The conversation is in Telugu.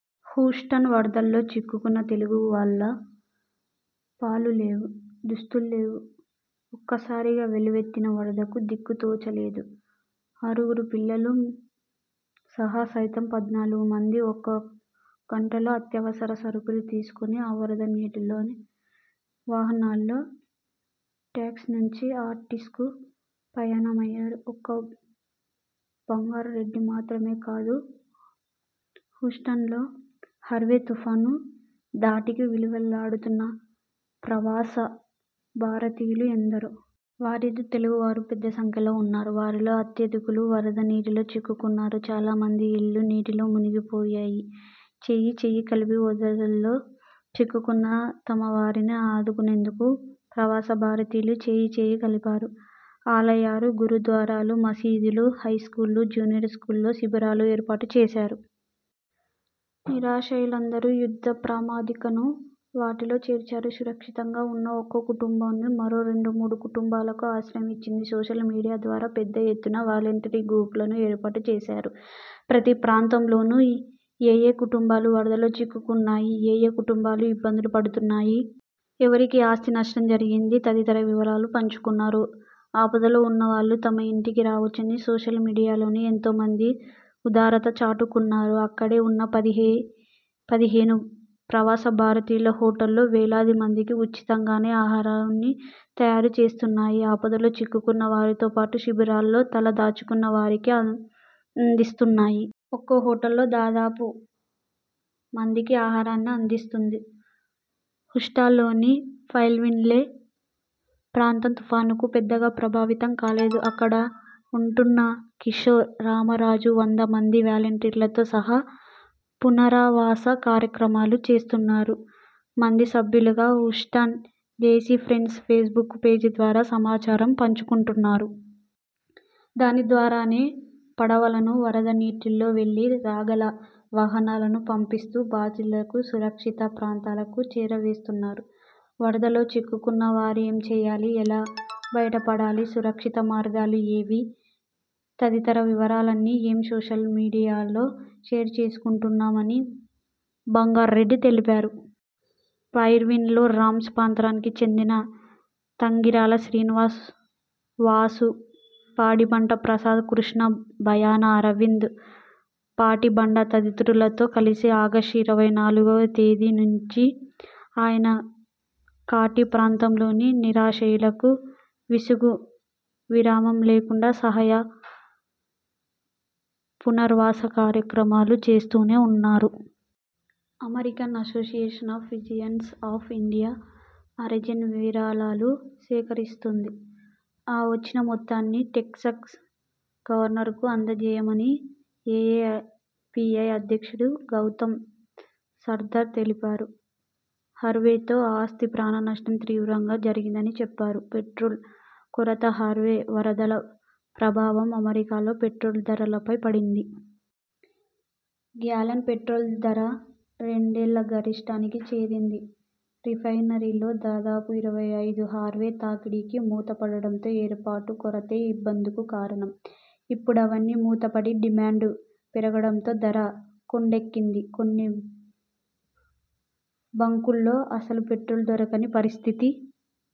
హూస్టన్ వరదల్లో చిక్కుకున్న తెలుగు వాళ్లు పాలు లేవు, దుస్తుల్లేవు, ఒక్కసారిగా వెల్లువెత్తిన వరదకు దిక్కు తోచలేదు. ఆరుగురు పిల్లలు సహా సైతంమొత్తం పద్నాలుగు మంది ఒక్క గంటలో అత్యవసర సరుకులు తీసుకుని, ఆ వరద నీటిలోనే వాహనాల్లో టెక్సస్ నుంచి ఆస్టిన్కు పయనమయ్యారు. ఒక్క బంగార్ రెడ్డి మాత్రమే కాదు హూస్టన్లో హార్వే తుపాను ధాటికి విలవిల లాడుతున్న ప్రవాస భారతీయులు ఎందరో. వారిలో తెలుగు వారూ పెద్ద సంఖ్యలోనే ఉన్నారు. వారిలో అత్యధికులు వరద నీటిలో చిక్కుకున్నారు. చాలా మంది ఇళ్లు నీటిలో మునిగి పోయాయి. చేయీ చేయీ కలిపి వరదల్లో చిక్కుకున్న తమ వారిని ఆదుకునేందుకు ప్రవాస భారతీయులు చేయి చేయి కలిపారు. ఆలయాలు, గురు ద్వారాలు, మసీదులు, హైస్కూళ్లు, జూనియర్ స్కూలు కాలేజీల్లో శిబిరాలు ఏర్పాటు చేశారు. నిరాశ్రయులందరు యుద్ధ ప్రాతిపదికను వాటిలోకి చేర్చారు. సురక్షితంగా ఉన్న ఒక్కో కుటుంబాను మరో రెండు ,మూడు కుటుంబాలకు ఆశ్రయం ఇచ్చింది. సోషల్ మీడియా ద్వారా పెద్ద ఎత్తున వాలంటరీ గ్రూపులను ఏర్పాటు చేశారు. ప్రతి ప్రాంతంలోనూ ఏయే కుటుంబాలు వరదలో చిక్కుకున్నాయి? ఏయే కుటుంబాలు ఇబ్బందులు పడుతున్నాయి? ఎవరికి ఆస్తి నష్టం జరిగింది? తదితర వివరాలను పంచుకుంటున్నారు. ఆపదలో ఉన్నవాళ్లు తమ ఇంటికి రావచ్చని సోషల్ మీడియాలోనే ఎంతోమంది ఉదారత చాటుకుంటున్నారు. అక్కడే ఉన్న పది పదిహేను ప్రవాస భారతీయుల హోటళ్లు వేలాది మందికి ఉచితం గానే ఆహారాన్ని తయారు చేస్తున్నాయి. ఆపదలో చిక్కుకున్న వారితోపాటు శిబిరాల్లో తల దాచుకున్న వారికి అందిస్తున్నాయి. ఒక్కో హోటల్ దాదాపు మందికి ఆహారాన్ని అందిస్తోంది. హూస్టన్లోని పైన్విల్లే ప్రాంతం తుపానుకు పెద్దగా ప్రభావితం కాలేదు. అక్కడ ఉంటున్న కిశోర్ రామరాజు వంద మంది వాలంటీర్లతో సహాయ పునరావాస కార్యక్రమాలు చేస్తున్నారు. మంది సభ్యులున్న Houston Desi Friends Facebook పేజీ ద్వారా సమాచారం పంచుకుంటున్నారు. దాని ద్వారానే పడవలను, వరద నీటిలో వెళ్లి రాగల వాహనాలను పంపిస్తూ బాధితులను సురక్షిత ప్రాంతాలకు చేరవేస్తున్నారు. వరదల్లో చిక్కుకున్న వారు ఏం చేయాలి? ఎలా బయటపడాలి? సురక్షిత మార్గాలు ఏవి? తదితర వివరాలన్నీ మేం సోషల్ మీడియాలో షేర్ చేసుకుంటున్నాం అని బంగార్ రెడ్డి తెలిపారు. పైన్విల్లే రాంచ్ ప్రాంతానికి చెందిన తంగిరాల శ్రీనివాస్ వాసు, పాటిబండ ప్రసాద్, కృష్ణ బయాన, అరవింద్ పాటి బండ తదితరులతో కలిసి ఆగస్టు ఇరవై నాలుగువ తేదీ నుంచి ఆయన కాటీ ప్రాంతంలోని నిరాశ్రయులకు విసుగూ విరామం లేకుండా సహాయ పునరావాస కార్యక్రమాలు చేస్తూనే ఉన్నారు. American Association of Physicians of Indian Origin విరాళాలు సేకరిస్తోంది. ఆ వచ్చిన మొత్తాన్ని టెక్సస్ గవర్నర్కు అంద జేస్తామని ఏఏపీఐ అధ్యక్షుడు గౌతమ్ సమద్దర్ తెలిపారు. హార్వేతో ఆస్తి, ప్రాణ నష్టం తీవ్రంగా జరిగిందని చెప్పారు. పెట్రోలు కొరత! హార్వే వరదల ప్రభావం అమెరికాలో పెట్రోలు ధరల పైనా పడింది. గ్యాలన్ పెట్రోల్ ధర రెండేళ్ల గరిష్ఠానికి చేరింది. రిఫైనరీల్లో దాదాపు ఇరవై ఐదుు హార్వే తాకిడికి మూత పడటంతో ఏర్పడిన కొరతే ఇందుకు కారణం. ఇప్పుడవన్నీ మూతపడి డిమాండ్ పెరగడంతో ధర కొండెక్కింది. కొన్ని బంకుల్లో అసలు పెట్రోలు దొరకని పరిస్థితి.